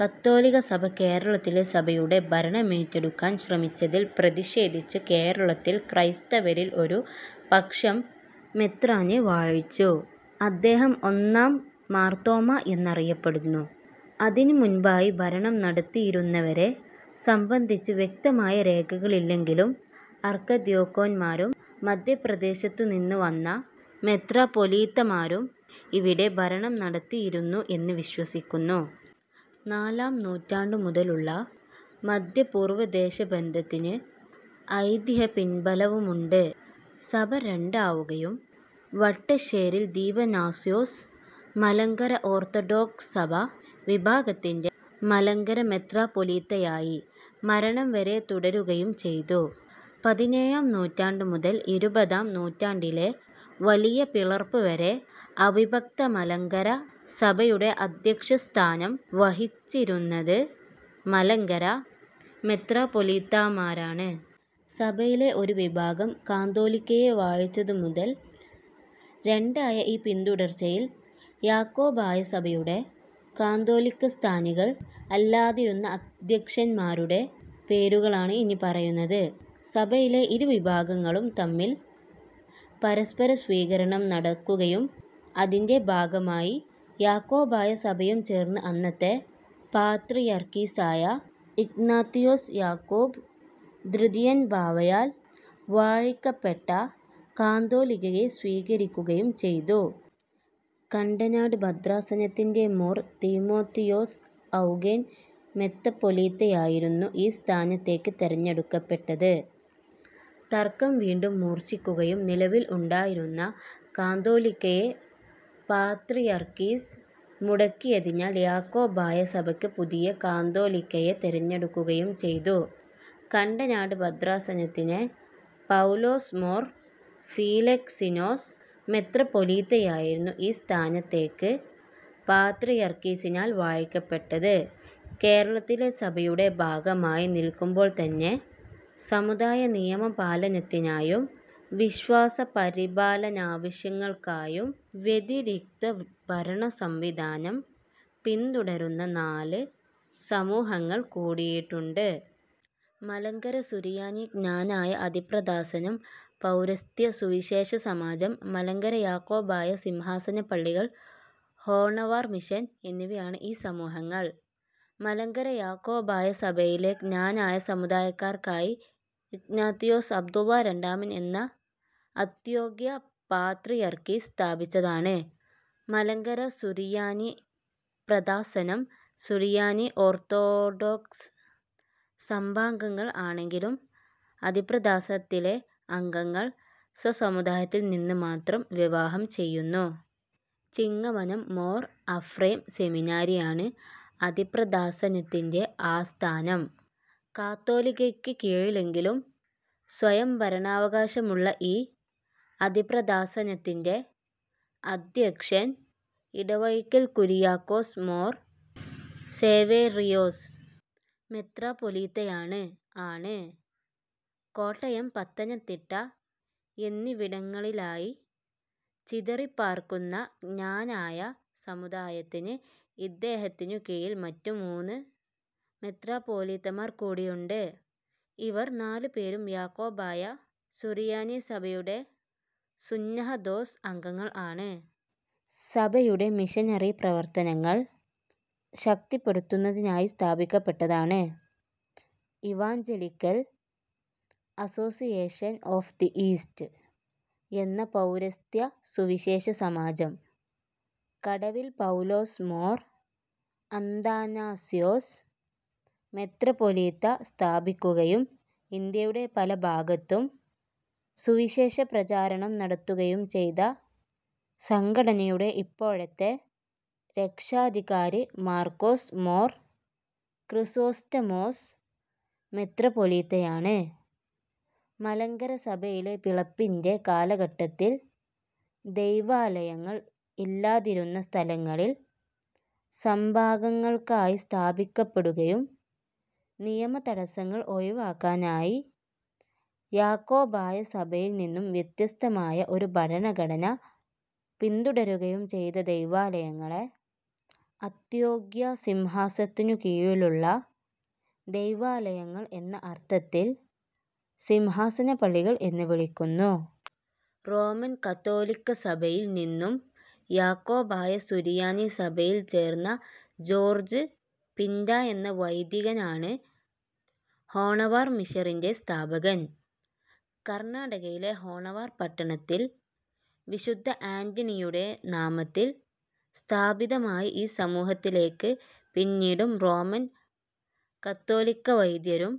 കത്തോലിക്ക സഭ കേരളത്തിലെ സഭയുടെ ഭരണമേറ്റെടുക്കാൻ ശ്രമിച്ചതിൽ പ്രതിഷേധിച്ച് കേരളത്തിൽ ക്രൈസ്തവരിൽ ഒരു പക്ഷം മെത്രാനെ വാഴിച്ചു. അദ്ദേഹം ഒന്നാം മാർത്തോമാ എന്നറിയപ്പെടുന്നു. അതിനു മുൻപായി ഭരണം നടത്തിയിരുന്നവരെ സംബന്ധിച്ച് വ്യക്തമായ രേഖകളില്ലെങ്കിലും അർക്കദ്ദ്യാക്കോൻമാരും മധ്യപൂർവ്വദേശത്തുനിന്ന് വന്ന മെത്രാപ്പൊലീത്തമാരും ഇവിടെ ഭരണം നടത്തിയിരുന്നു എന്ന് വിശ്വസിക്കുന്നു. നാലാം നൂറ്റാണ്ടു മുതലുള്ള മധ്യപൂർവ്വദേശബന്ധത്തിന് ഐതിഹ്യ പിൻബലവുമുണ്ട്. സഭ രണ്ടാവുകയും വട്ടശ്ശേരിൽ ദീവന്നാസ്യോസ് മലങ്കര ഓർത്തഡോക്സ് സഭ വിഭാഗത്തിൻ്റെ മലങ്കര മെത്രാപ്പൊലീത്തയായി മരണം വരെ തുടരുകയും ചെയ്തു. പതിനേഴാം നൂറ്റാണ്ടു മുതൽ ഇരുപതാം നൂറ്റാണ്ടിലെ വലിയ പിളർപ്പ് വരെ അവിഭക്ത മലങ്കര സഭയുടേ അദ്ധ്യക്ഷസ്ഥാനം വഹിച്ചിരുന്നത് മലങ്കര മെത്രാപ്പൊലീത്താമാരാണ്. സഭയിലെ ഒരു വിഭാഗം കാതോലിക്കയെ വാഴിച്ചതു മുതൽ രണ്ടായ ഈ പിന്തുടർച്ചയിൽ യാക്കോബായ സഭയുടെ കാതോലിക്കസ്ഥാനികൾ അല്ലാതിരുന്ന അദ്ധ്യക്ഷന്മാരുടെ പേരുകളാണ് ഇനി പറയുന്നത്. സഭയിലെ ഇരുവിഭാഗങ്ങളും തമ്മിൽ പരസ്പരസ്വീകരണം നടക്കുകയും അതിൻ്റെ ഭാഗമായി യാക്കോബായ സഭയും ചേർന്ന് അന്നത്തെ പാത്രിയർക്കീസായ ഇഗ്നാത്തിയോസ് യാക്കൂബ് തൃതിയൻ ബാവയാൽ വാഴിക്കപ്പെട്ട കാതോലിക്കയെ സ്വീകരിക്കുകയും ചെയ്തു. കണ്ടനാട് ഭദ്രാസനത്തിൻ്റെ മോർ തീമോത്തിയോസ് ഔഗേൻ മെത്രാപ്പൊലീത്തയായിരുന്നു ഈ സ്ഥാനത്തേക്ക് തെരഞ്ഞെടുക്കപ്പെട്ടത്. തർക്കം വീണ്ടും മൂർച്ഛിക്കുകയും നിലവിൽ ഉണ്ടായിരുന്ന കാതോലിക്കയെ പാത്രിയർക്കീസ് മുടക്കിയതിനാൽ യാക്കോബായ സഭയ്ക്ക് പുതിയ കാതോലിക്കയെ തെരഞ്ഞെടുക്കുകയും ചെയ്തു. കണ്ടനാട് ഭദ്രാസനത്തിനെ പൗലോസ് മോർ ഫീലക്സീനോസ് മെത്രാപ്പൊലീത്തയായിരുന്നു ഈ സ്ഥാനത്തേക്ക് പാത്രിയർക്കീസിനാൽ വാഴിക്കപ്പെട്ടത് കേരളത്തിലെ സഭയുടെ ഭാഗമായി നിൽക്കുമ്പോൾ തന്നെ സമുദായ നിയമപാലനത്തിനായും വിശ്വാസപരിപാലനാവശ്യങ്ങൾക്കായും വ്യതിരിക്ത ഭരണസംവിധാനം പിന്തുടരുന്ന നാല് സമൂഹങ്ങൾ കൂടിയുണ്ട്. മലങ്കര സുറിയാനി ക്നാനായ അതിഭദ്രാസനം, പൗരസ്ത്യ സുവിശേഷ സമാജം, മലങ്കര യാക്കോബായ സിംഹാസന പള്ളികൾ, ഹോണവാർ മിഷൻ എന്നിവയാണ് ഈ സമൂഹങ്ങൾ. മലങ്കര യാക്കോബായ സഭയിലെ ക്നാനായ സമുദായക്കാർക്കായി ഇഗ്നാത്തിയോസ് അബ്ദുള്ള രണ്ടാമൻ എന്ന അന്ത്യോഖ്യാ പാത്രിയർക്കീസ് സ്ഥാപിച്ചതാണ് മലങ്കര സുറിയാനി ഭദ്രാസനം. സുറിയാനി ഓർത്തഡോക്സ് സഭാംഗങ്ങൾ ആണെങ്കിലും അതിഭദ്രാസത്തിലെ അംഗങ്ങൾ സ്വസമുദായത്തിൽ നിന്ന് മാത്രം വിവാഹം ചെയ്യുന്നു. ചിങ്ങവനം മോർ അഫ്രേം സെമിനാരിയാണ് അതിഭദ്രാസനത്തിൻ്റെ ആസ്ഥാനം. കാതോലിക്കയ്ക്ക് കീഴിലെങ്കിലും സ്വയംഭരണാവകാശമുള്ള ഈ അതിഭദ്രാസനത്തിൻ്റെ അദ്ധ്യക്ഷൻ ഇടവഴിക്കൽ കുരിയാക്കോസ് മോർ സേവേറിയോസ് മെത്രാപ്പൊലീത്തയാണ് ആണ്. കോട്ടയം, പത്തനംതിട്ട എന്നിവിടങ്ങളിലായി ചിതറിപ്പാർക്കുന്ന ക്നാനായ സമുദായത്തിന് ഇദ്ദേഹത്തിനു കീഴിൽ മറ്റ് മുന്ന് മെത്രാപ്പൊലീത്തമാർ കൂടീയുണ്ട്. ഇവർ നാലുപേരും യാക്കോബായ സുറിയാനി സഭയുടേ സുന്നഹദോസ് അംഗങ്ങൾ ആണ്. സഭയുടെ മിഷനറി പ്രവർത്തനങ്ങൾ ശക്തിപ്പെടുത്തുന്നതിനായി സ്ഥാപിക്കപ്പെട്ടതാണ് Evangelical Association of the East എന്ന പൌരസ്ത്യ സുവിശേഷ സമാജം. കടവിൽ പൗലോസ് മോർ അത്താനാസ്യോസ് മെത്രാപ്പൊലീത്ത സ്ഥാപിക്കുകയും ഇന്ത്യയുടേ പലഭാഗത്തും സുവിശേഷപ്രചാരണം നടത്തുകയും ചെയ്ത സംഘടനയുടെ ഇപ്പോഴത്തെ രക്ഷാധികാരി മർക്കോസ് മോർ ക്രിസോസ്റ്റമോസ് മെത്രാപ്പൊലീത്തയാണ്. മലങ്കര സഭയിലെ പിളപ്പിൻ്റെ കാലഘട്ടത്തിൽ ദൈവാലയങ്ങൾ ഇല്ലാതിരുന്ന സ്ഥലങ്ങളിൽ സഭാംഗങ്ങൾക്കായി സ്ഥാപിക്കപ്പെടുകയും നിയമ തടസങ്ങൾ ഒഴിവാക്കാനായി യാക്കോബായ സഭയിൽ നിന്നും വ്യത്യസ്തമായ ഒരു ഭരണഘടന പിന്തുടരുകയും ചെയ്ത ദൈവാലയങ്ങളെ, അന്ത്യോഖ്യാ സിംഹാസനത്തിനു കീഴിലുള്ള ദൈവാലയങ്ങൾ എന്ന അർത്ഥത്തിൽ, സിംഹാസന പള്ളികൾ എന്ന് വിളിക്കുന്നു. റോമൻ കത്തോലിക്ക സഭയിൽ നിന്നും യാക്കോബായ സുറിയാനി സഭയിൽ ചേർന്ന ജോർജ് പിൻ്റൊ എന്ന വൈദികനാണ് ഹോണവാർ മിഷൻ്റെ സ്ഥാപകൻ. കർണാടകയിലെ ഹോണവാർ പട്ടണത്തിൽ വിശുദ്ധ ആൻ്റണിയുടെ നാമത്തിൽ സ്ഥാപിതമായി ഈ സമൂഹത്തിലേക്ക് പിന്നീടും റോമൻ കത്തോലിക്ക വൈദികരും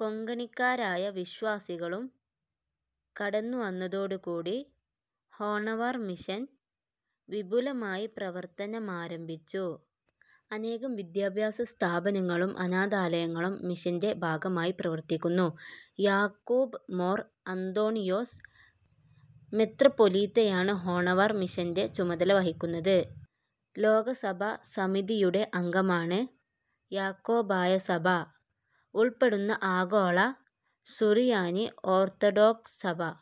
കൊങ്കണിക്കാരായ വിശ്വാസികളും കടന്നു വന്നതോടു കൂടി ഹോണവാർ മിഷൻ വിപുലമായി പ്രവർത്തനമാരംഭിച്ചു. അനേകം വിദ്യാഭ്യാസ സ്ഥാപനങ്ങളും അനാഥാലയങ്ങളും മിഷൻ്റെ ഭാഗമായി പ്രവർത്തിക്കുന്നു. യാക്കൂബ് മോർ അന്തോണിയോസ് മെത്രാപ്പൊലീത്തയാണ് ഹോണവാർ മിഷൻ്റെ ചുമതല വഹിക്കുന്നത്. ലോക സഭാ സമിതിയുടെ അംഗമാണ് യാക്കോബായ സഭ ഉൾപ്പെടുന്ന ആഗോള സുറിയാനി ഓർത്തഡോക്സ് സഭ.